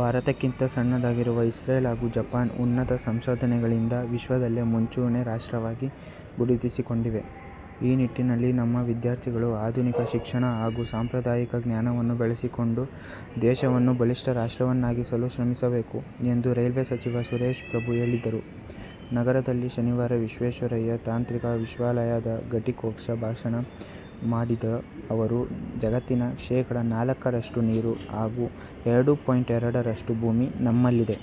ಭಾರತಕ್ಕಿಂತ ಸಣ್ಣದಾಗಿರುವ ಇಸ್ರೇಲ್ ಹಾಗೂ ಜಪಾನ್, ಉನ್ನತ ಸಂಶೋಧನೆಗಳಿಂದ ವಿಶ್ವದಲ್ಲೇ ಮುಂಚೂಣಿ ರಾಷ್ಟ್ರವಾಗಿ ಗುರುತಿಸಿಕೊಂಡಿವೆ. ಈ ನಿಟ್ಟಿನಲ್ಲಿ ನಮ್ಮ ವಿದ್ಯಾರ್ಥಿಗಳು ಆಧುನಿಕ ಶಿಕ್ಷಣ ಹಾಗೂ ಸಾಂಪ್ರದಾಯಿಕ ಜ್ಞಾನವನ್ನು ಬೆಳೆಸಿಕೊಂಡು ದೇಶವನ್ನು ಬಲಿಷ್ಠ ರಾಷ್ಟ್ರವನ್ನಾಗಿಸಲು ಶ್ರಮಿಸಬೇಕು ಎಂದು ರೈಲ್ವೆ ಸಚಿವ ಸುರೇಶ ಪ್ರಭು ಹೇಳಿದರು. ನಗರದಲ್ಲಿ ಶನಿವಾರ ವಿಶ್ವೇಶ್ವರಯ್ಯ ತಾಂತ್ರಿಕ ವಿಶ್ವವಿದ್ಯಾಲಯದ ಘಟಿಕೋತ್ಸವ ಭಾಷಣ ಮಾಡಿದ ಅವರು, ಜಗತ್ತಿನ ಶೇಖಡ ನಾಲ್ಕರಷ್ಟು ನೀರು ಹಾಗೂ ಎರಡು ಪಾಯಿಂಟ್ ಎರಡರಷ್ಟು ಭೂಮಿ ನಮ್ಮಲ್ಲಿದೆ.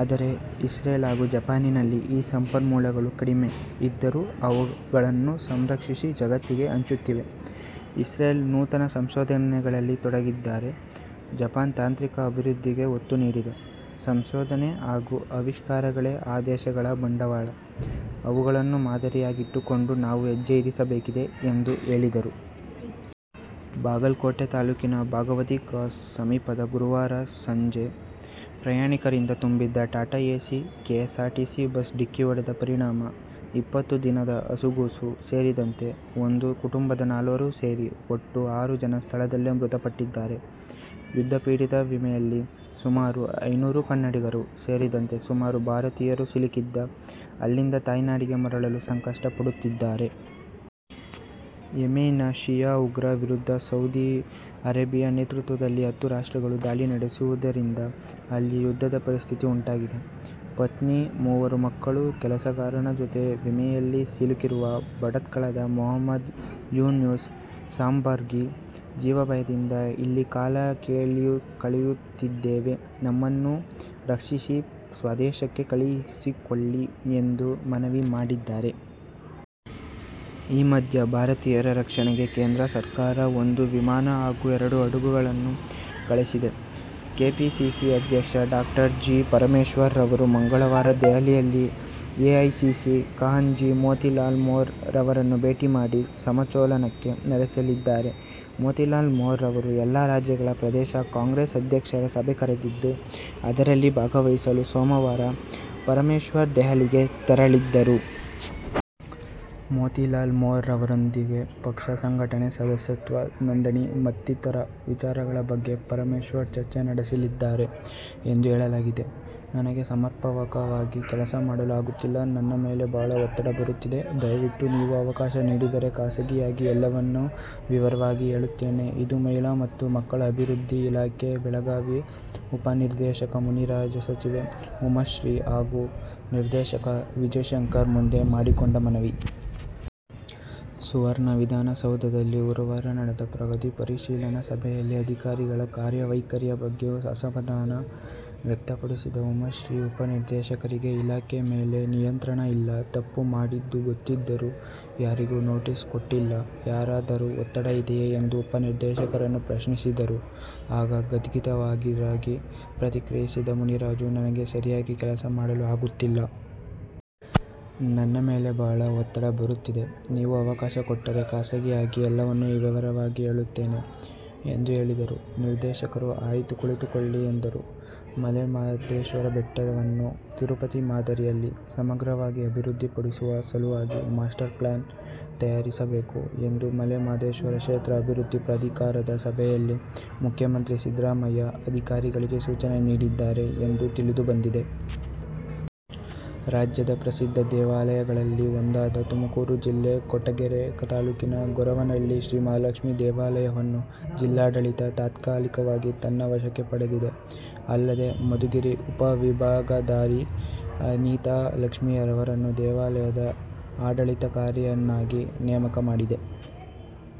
ಆದರೆ ಇಸ್ರೇಲ್ ಹಾಗೂ ಜಪಾನ್ನಲ್ಲಿ ಈ ಸಂಪನ್ಮೂಲಗಳು ಕಡಿಮೆ ಇದ್ದರೂ ಅವುಗಳನ್ನು ಸಂರಕ್ಷಿಸಿ ಜಗತ್ತಿಗೆ ಹಂಚುತ್ತಿವೆ. ಇಸ್ರೇಲ್ ನೂತನ ಸಂಶೋಧನೆಗಳಲ್ಲಿ ತೊಡಗಿದ್ದರೆ ಜಪಾನ್ ತಾಂತ್ರಿಕ ಅಭಿವೃದ್ಧಿಗೆ ಒತ್ತು ನೀಡಿದೆ. ಸಂಶೋಧನೆ ಹಾಗೂ ಅವಿಷ್ಕಾರಗಳೇ ಆ ದೇಶಗಳ ಬಂಡವಾಳ. ಅವುಗಳನ್ನು ಮಾದರಿಯಾಗಿಟ್ಟುಕೊಂಡು ನಾವೂ ಹೆಜ್ಜೆ ಇರಿಸಬೇಕಿದೆ ಎಂದು ಹೇಳಿದರು. ಬಾಗಲಕೋಟೆ ತಾಲೂಕಿನ ಭಗವತಿ ಕ್ರಾಸ್ ಸಮೀಪ ಗುರುವಾರ ಸಂಜೆ ಪ್ರಯಾಣಿಕರಿಂದ ತುಂಬಿದ್ದ ಟಾಟಾ ಏಸ್ಗೆ ಕೆಎಸ್ಆರ್ಟಿಸಿ ಬಸ್ ಡಿಕ್ಕಿ ಹೊಡೆದ ಪರಿಣಾಮ ಇಪ್ಪತ್ತು ದಿನದ ಹಸುಗೂಸು ಸೇರಿದಂತೆ ಒಂದೇ ಕುಟುಂಬದ ನಾಲ್ವರು ಸೇರಿ ಒಟ್ಟು ಆರು ಜನರು ಸ್ಥಳದಲ್ಲೇ ಮೃತಪಟ್ಟಿದ್ದಾರೆ. ಯುದ್ಧಪೀಡಿತ ಯೆಮೆನ್ನಲ್ಲಿ ಸುಮಾರು ಐನೂರು ಕನ್ನಡಿಗರು ಸೇರಿದಂತೆ ಸುಮಾರು ಭಾರತೀಯರು ಸಿಲುಕಿದ್ದು ಅಲ್ಲಿಂದ ತಾಯ್ನಾಡಿಗೆ ಮರಳಲು ಸಂಕಟ ಪಡುತ್ತಿದ್ದಾರೆ. ಯೆಮೆನ್ನ ಶಿಯಾ ಉಗ್ರರ ವಿರುದ್ಧ ಸೌದಿ ಅರೇಬಿಯಾ ನೇತೃತ್ವದಲ್ಲಿ ಹತ್ತು ರಾಷ್ಟ್ರಗಳು ದಾಳಿ ನಡೆಸುತ್ತಿರುವುದರಿಂದ ಅಲ್ಲಿ ಯುದ್ಧದ ಪರಿಸ್ಥಿತಿ ಉಂಟಾಗಿದೆ. ಪತ್ನಿ, ಮೂವರು ಮಕ್ಕಳು, ಕೆಲಸಗಾರನ ಜೊತೆ ಯೆಮೆನ್ನಲ್ಲಿ ಸಿಲುಕಿರುವ ಭಟ್ಕಳದ ಮುಹಮ್ಮದ್ ಯೂನಸ್ ಶಾಬಂದ್ರಿ, ಜೀವಭಯದಿಂದ ಇಲ್ಲಿ ಕಾಲ ಕಳೆಯುತ್ತಿದ್ದೇವೆ. ನಮ್ಮನ್ನು ರಕ್ಷಿಸಿ ಸ್ವದೇಶಕ್ಕೆ ಕರೆಯಿಸಿಕೊಳ್ಳಿ ಎಂದು ಮನವಿ ಮಾಡಿದ್ದಾರೆ. ಈ ಮಧ್ಯೆ ಭಾರತೀಯರ ರಕ್ಷಣೆಗೆ ಕೇಂದ್ರ ಸರ್ಕಾರ ಒಂದು ವಿಮಾನ ಹಾಗೂ ಎರಡು ಹಡಗನ್ನು ಕಳುಹಿಸಿದೆ. ಕೆಪಿಸಿಸಿ ಅಧ್ಯಕ್ಷ ಡಾ. ಜಿ. ಪರಮೇಶ್ವರ್ ಅವರು ಮಂಗಳವಾರ ದೆಹಲಿಯಲ್ಲಿ ಎಐಸಿಸಿ ಖಜಾಂಚಿ ಮೋತಿಲಾಲ್ ವೋರಾ ಅವರನ್ನು ಭೇಟಿ ಮಾಡಿ ಸಮಾಲೋಚನೆ ನಡೆಸಲಿದ್ದಾರೆ. ಮೋತಿಲಾಲ್ ವೋರಾ ಅವರು ಎಲ್ಲ ರಾಜ್ಯಗಳ ಪ್ರದೇಶ ಕಾಂಗ್ರೆಸ್ ಅಧ್ಯಕ್ಷರ ಸಭೆ ಕರೆದಿದ್ದು ಅದರಲ್ಲಿ ಭಾಗವಹಿಸಲು ಸೋಮವಾರ ಪರಮೇಶ್ವರ್ ದೆಹಲಿಗೆ ತೆರಳಿದರು. ಮೋತಿಲಾಲ್ ವೋರಾ ಅವರೊಂದಿಗೆ ಪಕ್ಷ ಸಂಘಟನೆ, ಸದಸ್ಯತ್ವ ನೋಂದಣಿ ಮತ್ತಿತರ ವಿಚಾರಗಳ ಬಗ್ಗೆ ಪರಮೇಶ್ವರ್ ಚರ್ಚೆ ನಡೆಸಲಿದ್ದಾರೆ ಎಂದು ಹೇಳಲಾಗಿದೆ. "ನನಗೆ ಸಮರ್ಪಕವಾಗಿ ಕೆಲಸ ಮಾಡಲು ಆಗುತ್ತಿಲ್ಲ. ನನ್ನ ಮೇಲೆ ಬಹಳ ಒತ್ತಡ ಬರುತ್ತಿದೆ. ದಯವಿಟ್ಟು ನೀವು ಅವಕಾಶ ನೀಡಿದರೆ ಖಾಸಗಿಯಾಗಿ ಎಲ್ಲವನ್ನೂ ವಿವರವಾಗಿ ಹೇಳುತ್ತೇನೆ 'ಇದು ಮಹಿಳಾ ಮತ್ತು ಮಕ್ಕಳ ಅಭಿವೃದ್ಧಿ ಇಲಾಖೆಯ ಬೆಳಗಾವಿ ಉಪನಿರ್ದೇಶಕ ಮುನಿರಾಜು ಸಚಿವೆ ಉಮಾಶ್ರೀ ಹಾಗೂ ನಿರ್ದೇಶಕ ವಿಜಯಶಂಕರ ಮುಂದೆ ಮಾಡಿಕೊಂಡ ಮನವಿ. ಸುವರ್ಣ ವಿಧಾನಸೌಧದಲ್ಲಿ ಗುರುವಾರ ನಡೆದ ಪ್ರಗತಿ ಪರಿಶೀಲನಾ ಸಭೆಯಲ್ಲಿ ಅಧಿಕಾರಿಗಳ ಕಾರ್ಯ ವೈಖರಿಯ ಬಗ್ಗೆ ಅಸಮಾಧಾನ ವ್ಯಕ್ತಪಡಿಸಿದ ಉಮಾಶ್ರೀ, ಉಪನಿರ್ದೇಶಕರಿಗೆ ಇಲಾಖೆ ಮೇಲೆ ನಿಯಂತ್ರಣ ಇಲ್ಲ. ತಪ್ಪು ಮಾಡಿದ್ದು ಗೊತ್ತಿದ್ದರೂ ಯಾರಿಗೂ ನೋಟೀಸ್ ಕೊಟ್ಟಿಲ್ಲ. ಯಾರದಾದರೂ ಒತ್ತಡ ಇದೆಯೇ ಎಂದು ಉಪನಿರ್ದೇಶಕರನ್ನು ಪ್ರಶ್ನಿಸಿದರು. ಆಗ ಗದ್ಗದಿತರಾಗಿ ಪ್ರತಿಕ್ರಿಯಿಸಿದ ಮುನಿರಾಜು, " ನನಗೆ ಸರಿಯಾಗಿ ಕೆಲಸ ಮಾಡಲು ಆಗುತ್ತಿಲ್ಲ. ನನ್ನ ಮೇಲೆ ಬಹಳ ಒತ್ತಡ ಬರುತ್ತಿದೆ. ನೀವು ಅವಕಾಶ ಕೊಟ್ಟರೆ ಖಾಸಗಿಯಾಗಿ ಎಲ್ಲವನ್ನು ವಿವರವಾಗಿ ಹೇಳುತ್ತೇನೆ' ಎಂದು ಹೇಳಿದರು. ನಿರ್ದೇಶಕರು "ಆಯಿತು, ಕುಳಿತುಕೊಳ್ಳಿ' ಎಂದರು. ಮಲೆ ಮಹದೇಶ್ವರ ಬೆಟ್ಟವನ್ನು ತಿರುಪತಿ ಮಾದರಿಯಲ್ಲಿ ಸಮಗ್ರವಾಗಿ ಅಭಿವೃದ್ಧಿ ಪಡಿಸುವ ಸಲುವಾಗಿ ಮಾಸ್ಟರ್ ಪ್ಲ್ರಾನ್ ತಯಾರಿಸಬೇಕು ಎಂದು ಮಲೆ ಮಹದೇಶ್ವರ ಕ್ಷೇತ್ರ ಅಭಿವೃದ್ಧಿ ಪ್ರಾಧಿಕಾರದ ಸಭೆಯಲ್ಲಿ ಮುಖ್ಯಮಂತ್ರಿ ಸಿದ್ಧರಾಮಯ್ಯ ಅಧಿಕಾರಿಗಳಿಗೆ ಸೂಚನೆ ನೀಡಿದ್ದಾರೆ ಎಂದು ತಿಳಿದು ಬಂದಿದೆ. ರಾಜ್ಯದ ಪ್ರಸಿದ್ದ ದೇವಾಲಯಗಳಲ್ಲಿ ಒಂದಾದ ತುಮಕೂರು ಜಿಲ್ಲೆ ಕೊರಟಗೆರೆ ತಾಲೂಕಿನ ಗೊರವನಹಳ್ಳಿ ಶ್ರೀ ಮಹಾಲಕ್ಷ್ಮೀ ದೇವಾಲಯವನ್ನು ಜಿಲ್ಲಾಡಳಿತ ತಾತ್ಕಾಲಿಕವಾಗಿ ತನ್ನ ವಶಕ್ಕೆ ಪಡೆದಿದೆ. ಅಲ್ಲದೆ, ಮಧುಗಿರಿ ಉಪವಿಭಾಗಾಧಿಕಾರಿ ಅನಿತಾ ಲಕ್ಷ್ಮೀ ಅವರನ್ನು ದೇವಾಲಯದ ಆಡಳಿತಾಧಿಕಾರಿಯನ್ನಾಗಿ ನೇಮಕ ಮಾಡಿದೆ.